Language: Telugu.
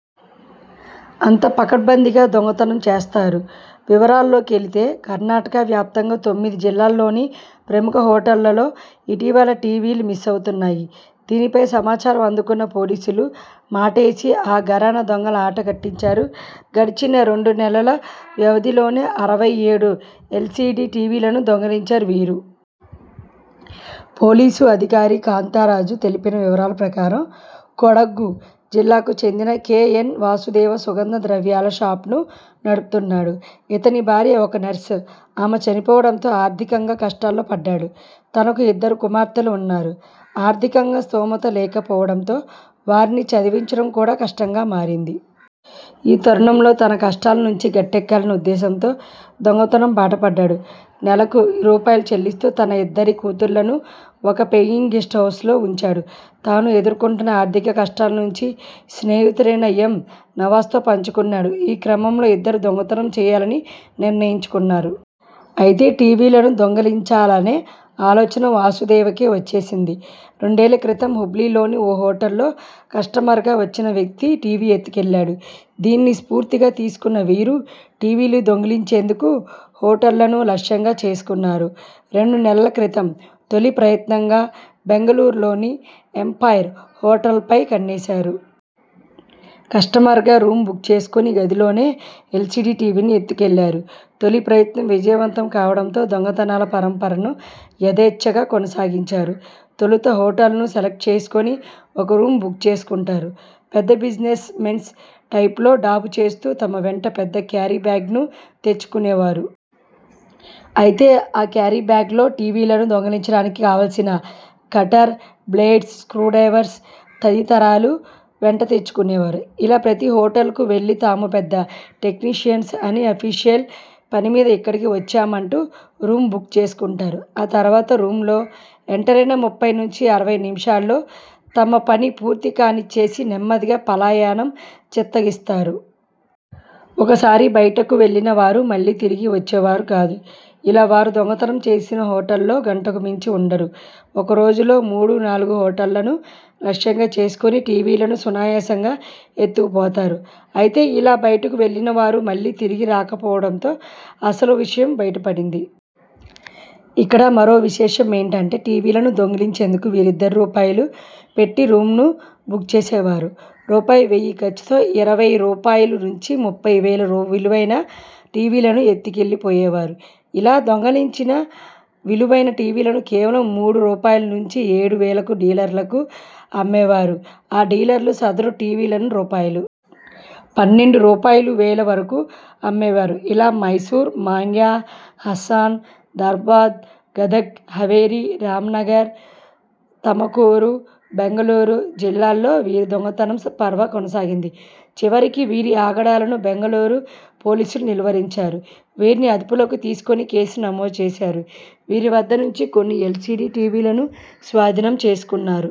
అంత పకడ్బందీగా దొంగతనం చేస్తారు. వివరాల్లోకెళితే.. కర్ణాటక వ్యాప్తంగా తొమ్మిది జిల్లాల్లోని ప్రముఖ హోటళ్లలో ఇటీవల టీవీలు మిస్ అవుతున్నాయి. దీనిపై సమాచారం అందుకున్న పోలీసులు మాటేసి ఆ ఘరానా దొంగల ఆట కట్టించారు. గడిచిన రెండు నెలల వ్యవధిలోనే అరవై ఏడు ఎల్సీడీ టీవీలను దొంగిలించారు వీరు. పోలీసు అధికారి కాంతారాజు తెలిపిన వివరాల ప్రకారం.. కొడగు జిల్లాకు చెందిన కె. ఎన్ వాసుదేవ సుగంధ ద్రవ్యాల షాప్ను నడుపుతున్నాడు. ఇతని భార్య ఒక నర్స్.. ఆమె చనిపోవడంతో ఆర్థికంగా కష్టాల్లో పడ్డాడు. తనకు ఇద్దరు కుమార్తెలు ఉన్నారు. ఆర్థికంగా స్థోమత లేకపోవడంతో వారిని చదివించడం కూడా కష్టంగా మారింది. ఈ తరుణంలో తన కష్టాల నుంచి గట్టేక్కాలనే ఉద్దేశంతో దొంగతనం బాటపడ్డాడు. నెలకు రూ. చెల్లిస్లూ తన ఇద్దరి కూతుళ్లను ఒక పెయింగ్ గెస్ట్ హౌస్లో ఉంచాడు. తాను ఎదుర్కొంటున్న ఆర్థిక కష్టాల గురించి స్నేహితుడైన ఎం నవాజ్తో పంచుకున్నాడు. ఈ క్రమంలో ఇద్దరూ దొంగతనం చేయాలని నిర్ణయించుకున్నారు. అయితే టీవీలను దొంగిలించాలనే ఆలోచన వాసుదేవకే వచ్చేసింది. రెండేళ్ల క్రితం హుబ్లీలోని ఓ హోటల్లో కస్టమర్గా వచ్చిన వ్యక్తి టీవీ ఎత్తుకెళ్లాడు. దీన్ని స్ఫూర్తిగా తీసుకున్న వీరు.. టీవీలు దొంగిలించేందుకు హోటళ్లను లక్ష్యంగా చేసుకున్నారు. రెండు నెలల క్రితం తొలి ప్రయత్నంగా బెంగళూరులోని ఎంపైర్ హోటల్పై కన్నేశారు. కస్టమర్గా రూమ్ బుక్ చేసుకుని గదిలోనే ఎల్సీడీ టీవీని ఎత్తుకెళ్లారు. తొలి ప్రయత్నం విజయవంతం కావడంతో దొంగతనాల పరంపరను యధేచ్చగా కొనసాగించారు. తొలుత హోటల్ను సెలెక్ట్ చేసుకుని ఒక రూమ్ బుక్ చేసుకుంటారు. పెద్ద బిజినెస్ మెన్స్ టైప్లో డాబు చేస్తూ తమ వెంట పెద్ద క్యారీ బ్యాగ్ను తెచ్చుకునేవారు. అయితే ఆ క్యారీ బ్యాగ్లో టీవీలను దొంగిలించడానికి కావాల్సిన కటర్, బ్లేడ్స్, స్క్రూ డ్రైవర్స్.. తదితరాలు వెంటతెచ్చుకునేవారు. ఇలా ప్రతీ హోటల్కు వెళ్లి తాము పెద్ద టెక్నీషియన్స్ అని.. అఫీషియల్ పనిమీద ఇక్కడికి వచ్చామంటూ రూమ్ బుక్ చేసుకుంటారు. ఆ తరువాత రూమ్లో ఎంటరైన ముప్పై నుంచి అరవై నిమిషాల్లో తమ పని పూర్తికానిచ్చేసి నెమ్మదిగా పలాయనం చెత్తగిస్తారు. ఒకసారి బయటకు వెళ్లిన వారు మళ్లీ తిరిగి వచ్చేవారు కాదు. ఇలా వారు దొంగతనం చేసిన హోటల్లో గంటకు మించి ఉండరు. ఒక్కరోజులో మూడు, నాలుగు హోటళ్లను లక్ష్యంగా చేసుకొని టీవీలను సునాయాసంగా ఎత్తుకుపోతారు. అయితే ఇలా బయటకు వెళ్లిన వారు మళ్లీ తిరిగి రాకపోవడంతో అసలు విషయం బయటపడింది. ఇక్కడ మరో విశేషమేంటంటే.. టీవీలను దొంగిలించేందుకు వీరిద్దరూ రూపాయలు పెట్టి రూమ్ను బుక్ చేసేవారు. రూపాయి వెయ్యి ఖర్చుతో ఇరవై రూపాయలునుంచి ముప్పై వేల విలువైన టీవీలను ఎత్తుకెళ్లిపోయేవారు. ఇలా దొంగిలించిన విలువైన టీవీలను కేవలం మూడు రూపాయలునుంచి ఏడు వేలకు డీలర్లకు అమ్మేవారు. ఆ డీలర్లు సదరు టీవీలను రూపాయలు పన్నెండు రూపాయలువేల వరకు అమ్మేవారు. ఇలా మైసూర్, మాండ్య, హస్సన్, ధార్వద్, గదగ్, హవెరీ, రామనగర, తమకురు, బెంగళూరు జిల్లాల్లో వీరి దొంగతనం పర్వ కొనసాగింది. చివరికి వీరి ఆగడాలను బెంగళూరు పోలీసులు నిలువరించారు. వీరిని అదుపులోకి తీసుకుని కేసు నమోదుచేశారు. వీరి వద్ద నుంచి కొన్ని ఎల్సీడీ టీవీలను స్వాధీనం చేసుకున్నారు.